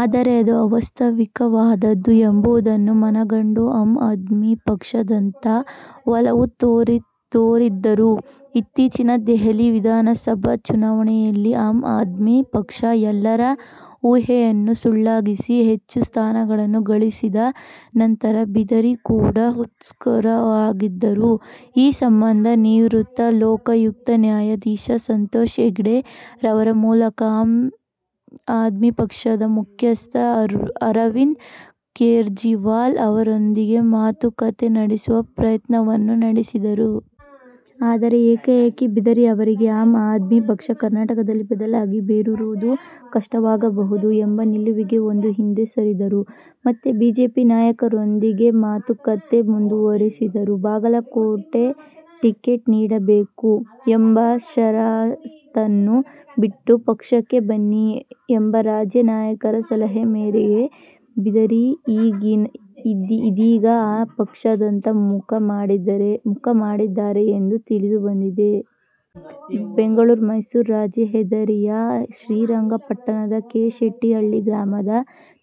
ಆದರೆ, ಅದು ಆವಾಸ್ತವಿಕವಾದದ್ದು ಎಂಬುದನ್ನು ಮನಗಂಡು ಆಮ್ ಆದ್ಮಿ ಪಕ್ಷದತ್ತ ಒಲವು ತೋರಿದ್ದರು. ಇತ್ತೀಚಿನ ದೆಹಲಿ ವಿಧಾನಸಭಾ ಚುನಾವಣೆಯಲ್ಲಿ ಆಮ್ ಆದ್ಮಿ ಪಕ್ಷ ಎಲ್ಲರ ಊಹೆಯನ್ನು ಸುಳ್ಳಾಗಿಸಿ ಹೆಚ್ಚು ಸ್ಥಾನಗಳನ್ನು ಗಳಿಸಿದ ನಂತರ ಬಿದರಿ ಕೂಡ ಉತ್ಸುಕರಾಗಿದ್ದರು. ಈ ಸಂಬಂಧ ನಿವೃತ್ತ ಲೋಕಾಯುಕ್ತ ನ್ಯಾಯಾಧೀಶ ಸಂತೋಷ್ ಹೆಗ್ಡೆ ಅವರ ಮೂಲಕ ಆಮ್ ಆದ್ಮಿ ಪಕ್ಷದ ಮುಖ್ಯಸ್ಥ ಅರವಿಂದ್ ಕೇಜ್ರಿವಾಲ್ ಅವರೊಂದಿಗೆ ಮಾತುಕತೆ ನಡೆಸುವ ಪ್ರಯತ್ನವನ್ನೂ ನಡೆಸಿದರು. ಆದರೆ, ಏಕಾಏಕಿ ಬಿದರಿ ಅವರಿಗೆ ಆಮ್ ಆದ್ಮಿ ಪಕ್ಷ ಕರ್ನಾಟಕದಲ್ಲಿ ಬಲವಾಗಿ ಬೇರೂರುವುದು ಕಷ್ಟವಾಗಬಹುದು ಎಂಬ ನಿಲುವಿಗೆ ಬಂದು ಹಿಂದೆ ಸರಿದರು. ಮತ್ತೆ ಬಿಜೆಪಿ ನಾಯಕರೊಂದಿಗೇ ಮಾತುಕತೆ ಮುಂದುವರೆಸಿದರು. ಬಾಗಲಕೋಟೆ ಟಿಕೆಟ್ ನೀಡಬೇಕು ಎಂಬ ಷರತ್ತನ್ನು ಬಿಟ್ಟು ಪಕ್ಷಕ್ಕೆ ಬನ್ನಿ ಎಂಬ ರಾಜ್ಯ ನಾಯಕರ ಸಲಹೆ ಮೇರೆಗೆ ಬಿದರಿ ಇದೀಗ ಆ ಪಕ್ಷದತ್ತ ಮುಖ ಮಾಡಿದ್ದಾರೆ ಎಂದು ತಿಳಿದು ಬಂದಿದೆ. ಬೆಂಗಳೂರು- ಮೈಸೂರು ರಾಜ್ಯ ಹೆದ್ದಾರಿಯ ಶ್ರೀರಂಗಪಟ್ಟಣದ ಕೆ. ಶೆಟ್ಟಿಹಳ್ಳಿ ಗ್ರಾಮದ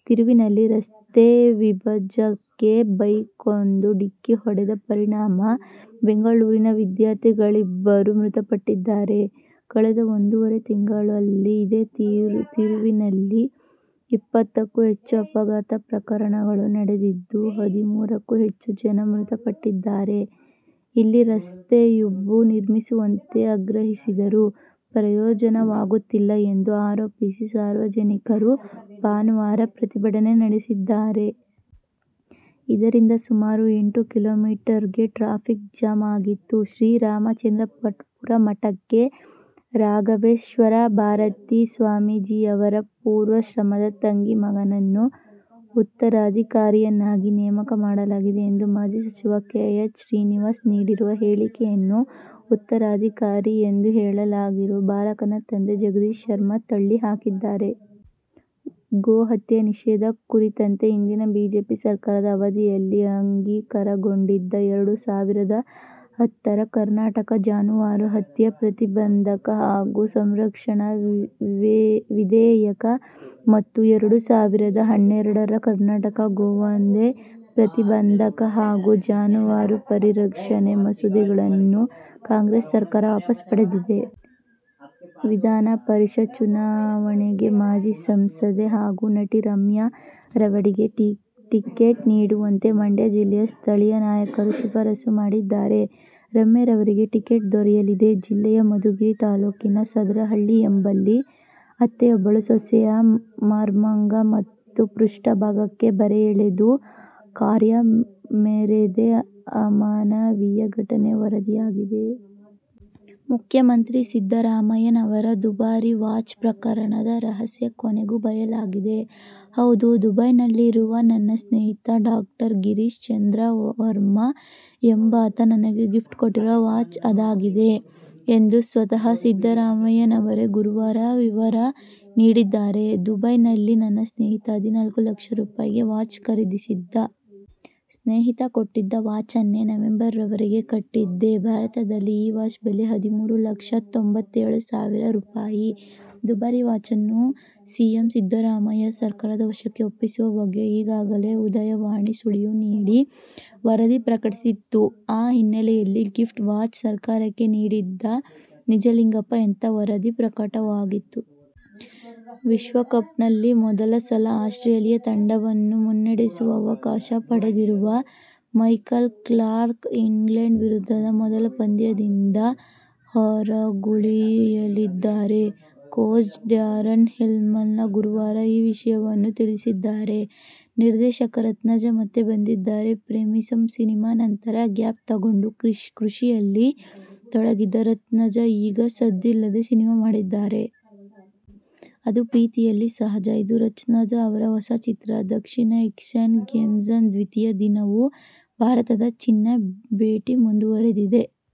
ತಿರುವಿನಲ್ಲಿ ರಸ್ತೆ ವಿಭಜಗಕ್ಕೆ ಬೈಕೊಂದು ಡಿಕ್ಕಿ ಹೊಡೆದ ಪರಿಣಾಮ ಬೆಂಗಳೂರಿನ ವಿದ್ಯಾರ್ಥಿಗಳಿಬ್ಬರು ಮೃತಪಟ್ಟಿದ್ದಾರೆ. ಕಳೆದ ಒಂದೂವರೆ ತಿಂಗಳಲ್ಲಿ ಇದೇ ತಿರುವಿನಲ್ಲಿ ಇಪ್ಪತ್ತಕ್ಕೂ ಹೆಚ್ಚು ಅಪಘಾತ ಪ್ರಕರಣಗಳು ನಡೆದಿದ್ದು, ಹದಿಮೂರಕ್ಕೂ ಹೆಚ್ಚು ಜನ ಮೃತಪಟ್ಟಿದ್ದಾರೆ. ಇಲ್ಲಿ ರಸ್ತೆ ಉಬ್ಬು ನಿರ್ಮಿಸುವಂತೆ ಆಗ್ರಹಿಸಿದರೂ ಪ್ರಯೋಜನವಾಗುತ್ತಿಲ್ಲ ಎಂದು ಆರೋಪಿಸಿ ಸಾರ್ವಜನಿಕರು ಭಾನುವಾರ ಪ್ರತಿಭಟನೆ ನಡೆಸಿದ್ದಾರೆ. ಇದರಿಂದ ಸುಮಾರು ಎಂಟು ಕಿಲೋಮೀಟರ್ವರೆಗೂ ಟ್ರಾಫಿಕ್ ಜಾಮ್ ಆಗಿತ್ತು. ಶ್ರೀ ರಾಮಚಂದ್ರಾಪುರ ಮಠಕ್ಕೆ ರಾಘವೇಶ್ವರ ಭಾರತಿ ಸ್ವಾಮೀಜಿಯವರ ಪೂರ್ವಾಶ್ರಮದ ತಂಗಿ ಮಗನನ್ನು ಉತ್ತರಾಧಿಕಾರಿಯನ್ನಾಗಿ ನೇಮಕ ಮಾಡಲಾಗಿದೆ ಎಂದು ಮಾಜಿ ಸಚಿವ ಕೆ. ಎಚ್. ಶ್ರೀನಿವಾಸ್ ನೀಡಿರುವ ಹೇಳಿಕೆಯನ್ನು ಉತ್ತರಾಧಿಕಾರಿ ಎಂದು ಹೇಳಲಾಗಿರುವ ಬಾಲಕನ ತಂದೆ ಜಗದೀಶ್ ಶರ್ಮಾ ತಳ್ಳಿ ಹಾಕಿದ್ದಾರೆ. ಗೋಹತ್ಯೆ ನಿಷೇಧ ಕುರಿತಂತೆ ಹಿಂದಿನ ಬಿಜೆಪಿ ಸರ್ಕಾರದ ಅವಧಿಯಲ್ಲಿ ಅಂಗೀಕಾರಗೊಂಡಿದ್ದ ಎರಡು ಸಾವಿರದ ಹತ್ತರ ಕರ್ನಾಟಕ ಜಾನುವಾರು ಹತ್ಯೆ ಪ್ರತಿಬಂಧಕ ಹಾಗೂ ಸಂರಕ್ಷಣಾ ವಿಧೇಯಕ ಮತ್ತು ಎರಡು ಸಾವಿರದ ಹನ್ನೆರಡರ ಕರ್ನಾಟಕ ಗೋವಧೆ ಪ್ರತಿಬಂಧಕ ಹಾಗೂ ಜಾನುವಾರು ಪರಿರಕ್ಷಣೆ ಮಸೂದೆಗಳನ್ನು ಕಾಂಗ್ರೆಸ್ ಸರ್ಕಾರ ವಾಪಸ್ ಪಡೆದಿದೆ. ವಿಧಾನಪರಿಷತ್ ಚುನಾವಣೆಗೆ ಮಾಜಿ ಸಂಸದೆ ಹಾಗೂ ನಟಿ ರಮ್ಯಾ ಅವರಿಗೆ ಟಿಕೆಟ್ ನೀಡುವಂತೆ ಮಂಡ್ಯ ಜಿಲ್ಲೆಯ ಸ್ಥಳೀಯ ನಾಯಕರು ಶಿಫಾರಸು ಮಾಡಿದ್ದರೆ ರಮ್ಯಾ ಅವರಿಗೆ ಟಿಕೆಟ್ ದೊರೆಯಲಿದೆ. ಜಿಲ್ಲೆಯ ಮಧುಗಿರಿ ತಾಲೂಕಿನ ಸಾದರಹಳ್ಳಿ ಎಂಬಲ್ಲಿ ಅತ್ತೆಯೊಬ್ಬಳು ಸೊಸೆಯ ಮರ್ಮಾಂಗ ಮತ್ತು ಪೃಷ್ಠ ಭಾಗಕ್ಕೆ ಬರೆ ಎಳೆದು ಕ್ರೌರ್ಯ ಮೆರೆದ ಅಮಾನವೀಯ ಘಟನೆ ವರದಿಯಾಗಿದೆ. ಮುಖ್ಯಮಂತ್ರಿ ಸಿದ್ಧರಾಮಯ್ಯನವರ ದುಬಾರಿ ವಾಚ್ ಪ್ರಕರಣದ ರಹಸ್ಯ ಕೊನೆಗೂ ಬಯಲಾಗಿದೆ. ಹೌದು ದುಬೈನಲ್ಲಿರುವ ನನ್ನ ಸ್ನೇಹಿತ ಡಾ. ಗಿರೀಶ್ ಚಂದ್ರ ವರ್ಮಾ ಎಂಬಾತ ನನಗೆ ಗಿಫ್ಟ್ ಕೊಟ್ಟಿರುವ ವಾಚ್ ಅದಾಗಿದೆ ಎಂದು ಸ್ವತಃ ಸಿದ್ದರಾಮಯ್ಯನವರೇ ಗುರುವಾರ ವಿವರ ನೀಡಿದ್ದಾರೆ. ದುಬೈನಲ್ಲಿ ನನ್ನ ಸ್ನೇಹಿತ ಹದಿನಾಲ್ಕು ಲಕ್ಷ ರೂಪಾಯಿಗೆ ವಾಚ್ ಖರೀದಿಸಿದ್ದ. ಸ್ನೇಹಿತ ಕೊಟ್ಟಿದ್ದ ವಾಚನ್ನೆ ನವೆಂಬರ್ ವರೆಗೆ ಕಟ್ಟಿದ್ದೆ. ಭಾರತದಲ್ಲಿ ಈ ವಾಚ್ ಬೆಲೆ ಹದಿಮೂರು ಲಕ್ಷ ತೊಂಬತ್ತೇಳು ಸಾವಿರ ರೂಪಾಯಿ. ದುಬಾರಿ ವಾಚನ್ನು ಸಿಎಂ ಸಿದ್ದರಾಮಯ್ಯ ಸರ್ಕಾರದ ವಶಕ್ಕೆ ಒಪ್ಪಿಸುವ ಬಗ್ಗೆ ಈಗಾಗಲೇ ಉದಯವಾಣಿ ಸುಳಿವು ನೀಡಿ ವರದಿ ಪ್ರಕಟಿಸಿತ್ತು. ಆ ಹಿನ್ನೆಲೆಯಲ್ಲಿ ಗಿಫ್ಟ್ ವಾಚ್ ಸರ್ಕಾರಕ್ಕೆ ನೀಡಿದ್ದ ನಿಜಲಿಂಗಪ್ಪ ಅಂತ ವರದಿ ಪ್ರಕಟವಾಗಿತ್ತು. ವಿಶ್ವಕಪ್ನಲ್ಲಿ ಮೊದಲ ಸಲ ಆಸ್ಟ್ರೇಲಿಯ ತಂಡವನ್ನು ಮುನ್ನಡೆಸುವ ಅವಕಾಶ ಪಡೆದಿರುವ ಮೈಕಲ್ ಕ್ಲಾರ್ಕ್ ಇಂಗ್ಲೆಂಡ್ ವಿರುದ್ಧದ ಮೊದಲ ಪಂದ್ಯದಿಂದ ಹೊರಗುಳಿಯಲಿದ್ದಾರೆ. ಕೋಚ್ ಡ್ಯಾರನ್ ಲೆಹ್ಮನ್ ಗುರುವಾರ ಈ ವಿಷಯವನ್ನು ತಿಳಿಸಿದ್ದಾರೆ. ನಿರ್ದೇಶಕ ರತ್ನಜ ಮತ್ತೆ ಬಂದಿದ್ದಾರೆ. "ಪ್ರೇಮಿಸಂ' ಸಿನಿಮಾ ನಂತರ ಗ್ಯಾಪ್ ತಗೊಂಡು, ಕೃಷಿಯಲ್ಲಿ ತೊಡಗಿದ್ದ ರತ್ನಜ ಈಗ ಸದ್ದಿಲ್ಲದೇ ಸಿನಿಮಾ ಮಾಡಿದ್ದಾರೆ. ಅದು "ಪ್ರೀತಿಯಲ್ಲಿ ಸಹಜ'. ಇದು ರತ್ನಜ ಅವರ ಹೊಸ ಚಿತ್ರ. ದಕ್ಷಿಣ ಏಶ್ಯನ್ ಗೇಮ್ಸ್ನ ದ್ವಿತೀಯ ದಿನವೂ ಭಾರತದ ಚಿನ್ನ ಬೇಟೆ ಮುಂದುವರೆದಿದೆ.